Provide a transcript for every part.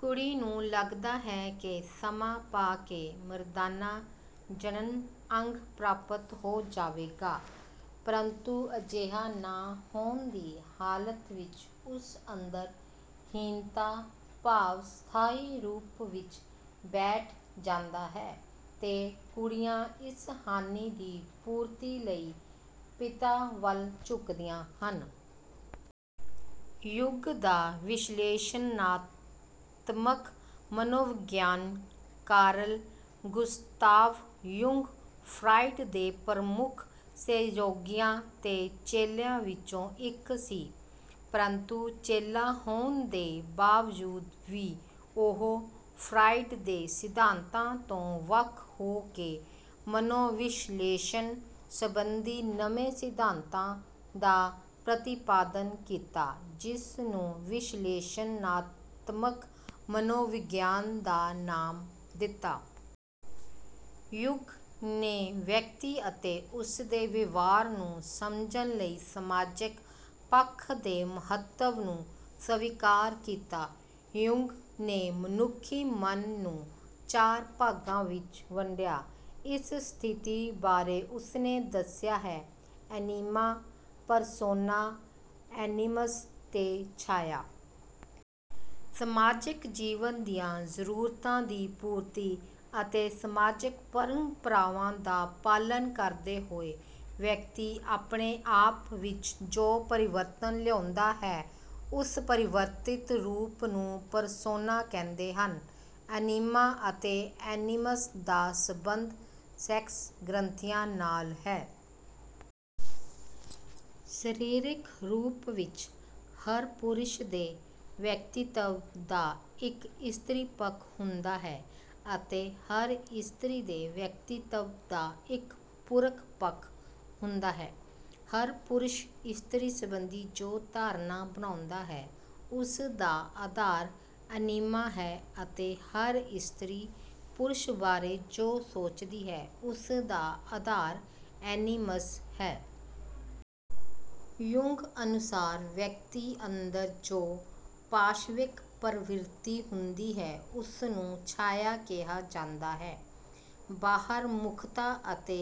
ਕੁੜੀ ਨੂੰ ਲੱਗਦਾ ਹੈ ਕਿ ਸਮਾਂ ਪਾ ਕੇ ਮਰਦਾਨਾ ਜਣਨ ਅੰਗ ਪ੍ਰਾਪਤ ਹੋ ਜਾਵੇਗਾ, ਪ੍ਰੰਤੂ ਅਜਿਹਾ ਨਾ ਹੋਣ ਦੀ ਹਾਲਤ ਵਿੱਚ ਉਸ ਅੰਦਰ ਹੀਨਤਾ ਭਾਵ ਸਥਾਈ ਰੂਪ ਵਿੱਚ ਬੈਠ ਜਾਂਦਾ ਹੈ ਤੇ ਕੁੜੀਆਂ ਇਸ ਹਾਨੀ ਦੀ ਪੂਰਤੀ ਲਈ ਪਿਤਾ ਵੱਲ ਝੁਕਦੀਆਂ ਹਨ। ਯੁੰਗ ਦਾ ਵਿਸ਼ਲੇਸ਼ਣਾਤਮਕ ਮਨੋਵਿਗਿਆਨ: ਕਾਰਲ ਗੁਸਤਾਵ ਯੁੰਗ ਫਰਾਇਡ ਦੇ ਪ੍ਰਮੁੱਖ ਸਹਿਯੋਗੀਆਂ ਅਤੇ ਚੇਲਿਆਂ ਵਿੱਚੋਂ ਇੱਕ ਸੀ, ਪ੍ਰੰਤੂ ਚੇਲਾ ਹੋਣ ਦੇ ਬਾਵਜੂਦ ਵੀ ਉਹ ਫਰਾਇਡ ਦੇ ਸਿਧਾਂਤਾਂ ਤੋਂ ਵੱਖ ਹੋ ਕੇ ਮਨੋਵਿਸ਼ਲੇਸ਼ਣ ਸੰਬੰਧੀ ਨਵੇਂ ਸਿਧਾਂਤਾਂ ਦਾ ਪ੍ਰਤੀਪਾਦਨ ਕੀਤਾ, ਜਿਸਨੂੰ ਵਿਸ਼ਲੇਸ਼ਣਾਤਮਕ ਮਨੋਵਿਗਿਆਨ ਦਾ ਨਾਮ ਦਿੱਤਾ। ਯੁਗ ਨੇ ਵਿਅਕਤੀ ਅਤੇ ਉਸਦੇ ਵਿਵਹਾਰ ਨੂੰ ਸਮਝਣ ਲਈ ਸਮਾਜਿਕ ਪੱਖ ਦੇ ਮਹੱਤਵ ਨੂੰ ਸਵੀਕਾਰ ਕੀਤਾ। ਯੁੰਗ ਨੇ ਮਨੁੱਖੀ ਮਨ ਨੂੰ ਚਾਰ ਭਾਗਾਂ ਵਿੱਚ ਵੰਡਿਆ। ਇਸ ਸਥਿਤੀ ਬਾਰੇ ਉਸਨੇ ਦੱਸਿਆ ਹੈ: ਐਨੀਮਾ, ਪਰਸੋਨਾ, ਐਨੀਮਸ ਤੇ ਛਾਇਆ। ਸਮਾਜਿਕ ਜੀਵਨ ਦੀਆਂ ਜ਼ਰੂਰਤਾਂ ਦੀ ਪੂਰਤੀ ਅਤੇ ਸਮਾਜਿਕ ਪਰੰਪਰਾਵਾਂ ਦਾ ਪਾਲਣ ਕਰਦੇ ਹੋਏ ਵਿਅਕਤੀ ਆਪਣੇ ਆਪ ਵਿੱਚ ਜੋ ਪਰਿਵਰਤਨ ਲਿਆਉਂਦਾ ਹੈ, ਉਸ ਪਰਿਵਰਤਿਤ ਰੂਪ ਨੂੰ ਪਰਸੋਨਾ ਕਹਿੰਦੇ ਹਨ। ਐਨੀਮਾ ਅਤੇ ਐਨੀਮਸ ਦਾ ਸੰਬੰਧ ਸੈਕਸ ਗ੍ਰੰਥੀਆਂ ਨਾਲ ਹੈ। ਸਰੀਰਿਕ ਰੂਪ ਵਿੱਚ ਹਰ ਪੁਰਸ਼ ਦੇ ਵਿਅਕਤਿਤਵ ਦਾ ਇੱਕ ਇਸਤਰੀ ਪੱਖ ਹੁੰਦਾ ਹੈ ਅਤੇ ਹਰ ਇਸਤਰੀ ਦੇ ਵਿਅਕਤਿਤਵ ਦਾ ਇੱਕ ਪੁਰਖ ਪੱਖ ਹੁੰਦਾ ਹੈ। ਹਰ ਪੁਰਸ਼ ਇਸਤਰੀ ਸੰਬੰਧੀ ਜੋ ਧਾਰਨਾ ਬਣਾਉਂਦਾ ਹੈ, ਉਸਦਾ ਆਧਾਰ ਐਨੀਮਾ ਹੈ ਅਤੇ ਹਰ ਇਸਤਰੀ ਪੁਰਸ਼ ਬਾਰੇ ਜੋ ਸੋਚਦੀ ਹੈ, ਉਸਦਾ ਆਧਾਰ ਐਨੀਮਸ ਹੈ। ਯੁੰਗ ਅਨੁਸਾਰ ਵਿਅਕਤੀ ਅੰਦਰ ਜੋ ਪਾਸ਼ਵਿਕ ਪ੍ਰਵਿਰਤੀ ਹੁੰਦੀ ਹੈ, ਉਸਨੂੰ ਛਾਇਆ ਕਿਹਾ ਜਾਂਦਾ ਹੈ। ਬਾਹਰਮੁਖਤਾ ਅਤੇ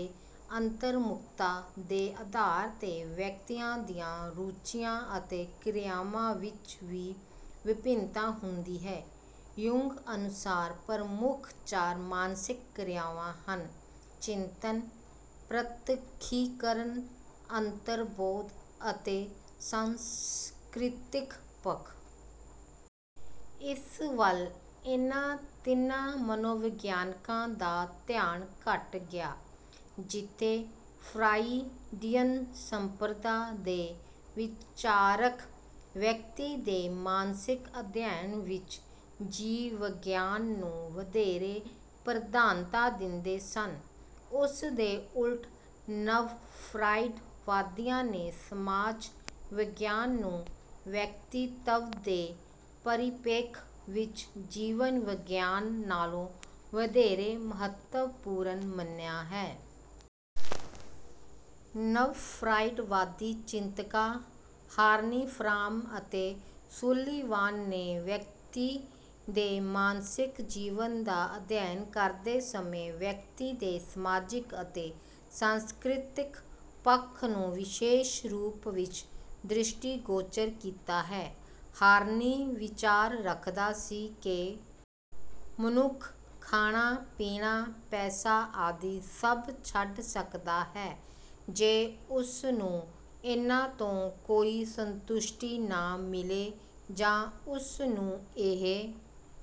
ਅੰਤਰਮੁਖਤਾ ਦੇ ਆਧਾਰ ਤੇ ਵਿਅਕਤੀਆਂ ਦੀਆਂ ਰੁਚੀਆਂ ਅਤੇ ਕ੍ਰਿਆਵਾਂ ਵਿੱਚ ਵੀ ਵਿਭਿੰਨਤਾ ਹੁੰਦੀ ਹੈ। ਯੁੰਗ ਅਨੁਸਾਰ ਪ੍ਰਮੁੱਖ ਚਾਰ ਮਾਨਸਿਕ ਕ੍ਰਿਆਵਾਂ ਹਨ: ਚਿੰਤਨ, ਪ੍ਰਤੱਖੀਕਰਨ, ਅੰਤਰਬੋਧ ਅਤੇ ਸਾਂਸਕ੍ਰਿਤਕ ਪੱਖ। ਇਸ ਵੱਲ ਇਨ੍ਹਾਂ ਤਿੰਨਾਂ ਮਨੋਵਿਗਿਆਨਕਾਂ ਦਾ ਧਿਆਨ ਘੱਟ ਗਿਆ। ਜਿੱਥੇ ਫਰਾਇਡੀਅਨ ਸੰਪਰਦਾ ਦੇ ਵਿਚਾਰਕ ਵਿਅਕਤੀ ਦੇ ਮਾਨਸਿਕ ਅਧਿਐਨ ਵਿੱਚ ਜੀਵ ਵਿਗਿਆਨ ਨੂੰ ਵਧੇਰੇ ਪ੍ਰਧਾਨਤਾ ਦਿੰਦੇ ਸਨ, ਉਸਦੇ ਉਲਟ ਨਵ-ਫਰਾਇਡਵਾਦੀਆਂ ਨੇ ਸਮਾਜ ਵਿਗਿਆਨ ਨੂੰ ਵਿਅਕਤਿਤਵ ਦੇ ਪਰਿਪੇਖ ਵਿੱਚ ਜੀਵ ਵਿਗਿਆਨ ਨਾਲੋਂ ਵਧੇਰੇ ਮਹੱਤਵਪੂਰਨ ਮੰਨਿਆ। ਨਵ-ਫਰਾਇਡਵਾਦੀ ਚਿੰਤਕਾਂ ਹਾਰਨੀ, ਫਰਾਮ ਅਤੇ ਸੂਲੀਵਾਨ ਨੇ ਵਿਅਕਤੀ ਦੇ ਮਾਨਸਿਕ ਜੀਵਨ ਦਾ ਅਧਿਐਨ ਕਰਦੇ ਸਮੇਂ ਵਿਅਕਤੀ ਦੇ ਸਮਾਜਿਕ ਅਤੇ ਸਾਂਸਕ੍ਰਿਤਕ ਪੱਖ ਨੂੰ ਵਿਸ਼ੇਸ਼ ਰੂਪ ਵਿੱਚ ਦ੍ਰਿਸ਼ਟੀਗੋਚਰ ਕੀਤਾ ਹੈ। ਹਾਰਨੀ ਵਿਚਾਰ ਰੱਖਦਾ ਸੀ ਕਿ ਮਨੁੱਖ ਖਾਣਾ, ਪੀਣਾ, ਪੈਸਾ ਆਦਿ ਸਭ ਛੱਡ ਸਕਦਾ ਹੈ ਜੇ ਉਸਨੂੰ ਇਨ੍ਹਾਂ ਤੋਂ ਕੋਈ ਸੰਤੁਸ਼ਟੀ ਨਾ ਮਿਲੇ ਜਾਂ ਉਸਨੂੰ ਇਹ